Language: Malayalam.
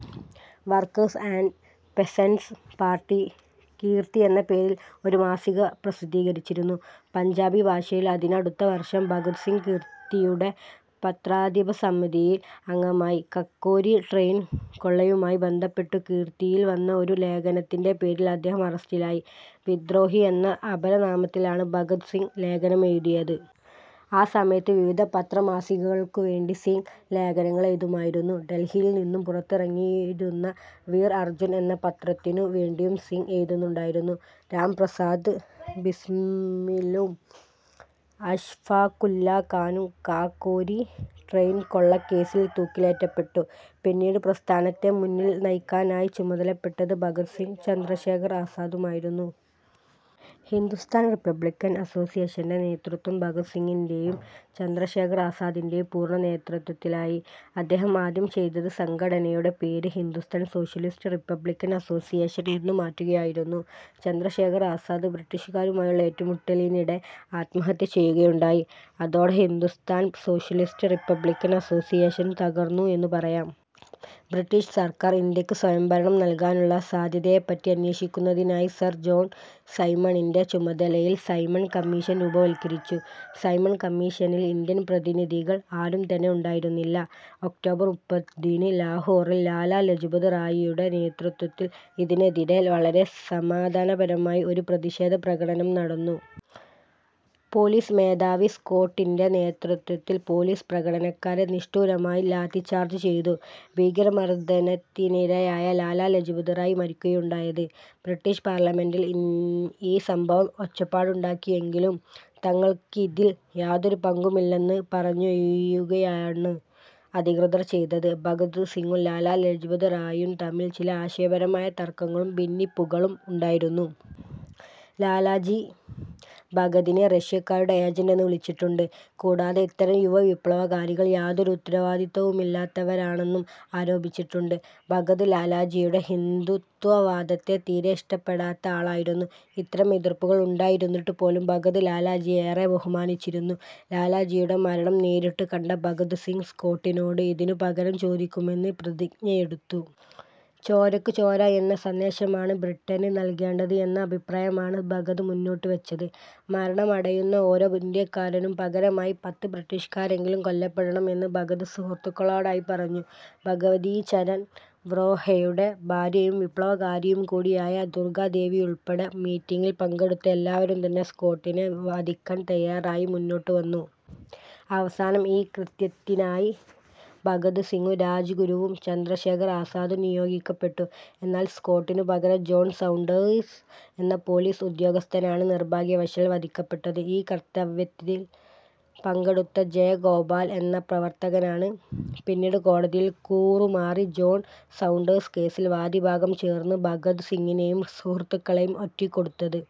Workers and peasants party Kirti എന്ന പേരിൽ ഒരു മാസിക പ്രസിദ്ധീകരിച്ചിരുന്നു പഞ്ചാബി ഭാഷയിൽ. അതിനടുത്ത വർഷം ഭഗത് സിംഗ് കീർത്തിയുടെ പത്രാധിപ സമിതിയിൽ അംഗമായി. കക്കോരി ട്രെയിൻ കൊള്ളയുമായി ബന്ധപ്പെട്ടു കീർത്തിയിൽ വന്ന ഒരു ലേഖനത്തിൻ്റെ പേരിൽ അദ്ദേഹം അറസ്റ്റിലായി. വിദ്രോഹി എന്ന അപരനാമത്തിലാണ് ഭഗത് സിംഗ് ലേഖനമെഴുതിയത്. ആ സമയത്ത് വിവിധ പത്രമാസികകൾക്കുവേണ്ടി സിംഗ് ലേഖനങ്ങളെഴുതുമായിരുന്നു. ഡൽഹിയിൽ നിന്നും പുറത്തിറങ്ങിയിരുന്ന വീർ അർജ്ജുൻ എന്ന പത്രത്തിനു വേണ്ടിയും സിംഗ് എഴുതുന്നുണ്ടായിരുന്നു. രാം പ്രസാദ് ബിസ്മിലും, അഷ്ഫാഖുല്ല ഖാനും കാകോരി ട്രെയിൻ കൊള്ളകേസിൽ തൂക്കിലേറ്റപ്പെട്ടു. പിന്നീട് പ്രസ്ഥാനത്തെ മുന്നിൽ നയിക്കാനായി ചുമതലപ്പെട്ടത് ഭഗത് സിംഗും, ചന്ദ്രശേഖർ ആസാദുമായിരുന്നു. ഹിന്ദുസ്ഥാൻ റിപ്പബ്ലിക്കൻ അസോസിയേഷൻ്റെ നേതൃത്വം ഭഗത് സിംഗിൻ്റെയും ചന്ദ്രശേഖർ ആസാദിൻ്റെയും പൂർണ്ണ നേതൃത്വത്തിലായി. അദ്ദേഹം ആദ്യം ചെയ്തത് സംഘടനയുടെ പേര് ഹിന്ദുസ്ഥാൻ സോഷ്യലിസ്റ്റ് റിപ്പബ്ലിക്കൻ അസോസിയേഷൻ എന്നു മാറ്റുകയായിരുന്നു. ചന്ദ്രശേഖർ ആസാദ് ബ്രിട്ടീഷുകാരുമായുള്ള ഏറ്റുമുട്ടലിനിടെ ആത്മഹത്യ ചെയ്യുകയുണ്ടായി, അതോടെ ഹിന്ദുസ്ഥാൻ സോഷ്യലിസ്റ്റ് റിപ്പബ്ലിക്കൻ അസോസിയേഷൻ തകർന്നു എന്നു പറയാം. ബ്രിട്ടീഷ് സർക്കാർ ഇന്ത്യക്ക് സ്വയംഭരണം നൽകാനുള്ള സാധ്യതയെപ്പറ്റി അന്വേഷിക്കുന്നതിനായി സർ ജോൺ സൈമണിൻ്റെ ചുമതലയിൽ സൈമൺ കമ്മീഷൻ രൂപവത്കരിച്ചു. സൈമൺ കമ്മീഷനിൽ ഇന്ത്യൻ പ്രതിനിധികൾ ആരും തന്നെ ഉണ്ടായിരുന്നില്ല. ഒക്ടോബർ മുപ്പതിന് ലാഹോറിൽ ലാലാ ലജ്പത് റായിയുടെ നേതൃത്വത്തിൽ ഇതിനെതിരെ വളരെ സമാധാനപരമായി ഒരു പ്രതിഷേധപ്രകടനം നടന്നു. പോലീസ് മേധാവി സ്കോട്ടിൻ്റെ നേതൃത്വത്തിൽ പോലീസ് പ്രകടനക്കാരെ നിഷ്ഠൂരമായി ലാത്തിച്ചാർജ് ചെയ്തു. ഭീകരമർദ്ദനത്തിനിരയായ ലാലാ ലജ്പത് റായി മരിക്കുകയുണ്ടായത്. ബ്രിട്ടീഷ് പാർലമെൻ്റിൽ ഈ സംഭവം ഒച്ചപ്പാടുണ്ടാക്കിയെങ്കിലും, തങ്ങൾക്കിതിൽ യാതൊരു പങ്കുമില്ലെന്നു പറഞ്ഞൊഴിയുകയാണ് അധികൃതർ ചെയ്തത്. ഭഗത് സിംഗും ലാലാ ലജ്പത് റായിയും തമ്മിൽ ചില ആശയപരമായ തർക്കങ്ങളും ഭിന്നിപ്പുകളും ഉണ്ടായിരുന്നു. ലാലാജി ഭഗതിനെ റഷ്യക്കാരുടെ ഏജൻ്റ് എന്ന് വിളിച്ചിട്ടുണ്ട്, കൂടാതെ ഇത്തരം യുവവിപ്ലവകാരികൾ യാതൊരു ഉത്തരവാദിത്തവുമില്ലാത്തവരാണെന്നും ആരോപിച്ചിട്ടുണ്ട്. ഭഗത് ലാലാജിയുടെ ഹിന്ദുത്വവാദത്തെ തീരെ ഇഷ്ടപ്പെടാത്ത ആളായിരുന്നു. ഇത്തരം എതിർപ്പുകൾ ഉണ്ടായിരുന്നിട്ടുപോലും ഭഗത് ലാലാജിയെ ഏറെ ബഹുമാനിച്ചിരുന്നു. ലാലാജിയുടെ മരണം നേരിട്ടു കണ്ട ഭഗത് സിംഗ് സ്കോട്ടിനോട് ഇതിന് പകരം ചോദിക്കുമെന്ന് പ്രതിജ്ഞയെടുത്തു. ചോരക്കു ചോര എന്ന സന്ദേശമാണ് ബ്രിട്ടന് നൽകേണ്ടത് എന്ന അഭിപ്രായമാണ് ഭഗത് മുന്നോട്ടു വെച്ചത്. മരണമടയുന്ന ഓരോ ഇന്ത്യക്കാരനും പകരമായി പത്ത് ബ്രിട്ടീഷുകാരെങ്കിലും കൊല്ലപ്പെടണം എന്ന് ഭഗത് സുഹൃത്തുക്കളോടായി പറഞ്ഞു. ഭഗവതീ ചരൺ വോഹ്രയുടെ ഭാര്യയും വിപ്ലവകാരിയും കൂടിയായ ദുർഗ്ഗാദേവിയുൾപ്പെടെ മീറ്റിംഗിൽ പങ്കെടുത്ത എല്ലാവരും തന്നെ സ്കോട്ടിനെ വധിക്കാൻ തയ്യാറായി മുന്നോട്ടു വന്നു. അവസാനം ഈ കൃത്യത്തിനായി ഭഗത് സിംഗും, രാജ്ഗുരുവും, ചന്ദ്രശേഖർ ആസാദും നിയോഗിക്കപ്പെട്ടു. എന്നാൽ സ്കോട്ടിനു പകരം ജോൺ സൗണ്ടേഴ്സ് എന്ന പോലീസ് ഉദ്യോഗസ്ഥനാണ് നിർഭാഗ്യവശാൽ വധിക്കപ്പെട്ടത്. ഈ കർത്തവ്യത്തിൽ പങ്കെടുത്ത ജയഗോപാൽ എന്ന പ്രവർത്തകനാണ് പിന്നീട് കോടതിയിൽ കൂറുമാറി ജോൺ സൗണ്ടേഴ്സ് കേസിൽ വാദിഭാഗം ചേർന്ന് ഭഗത് സിംഗിനെയും സുഹൃത്തുക്കളെയും ഒറ്റികൊടുത്തത്.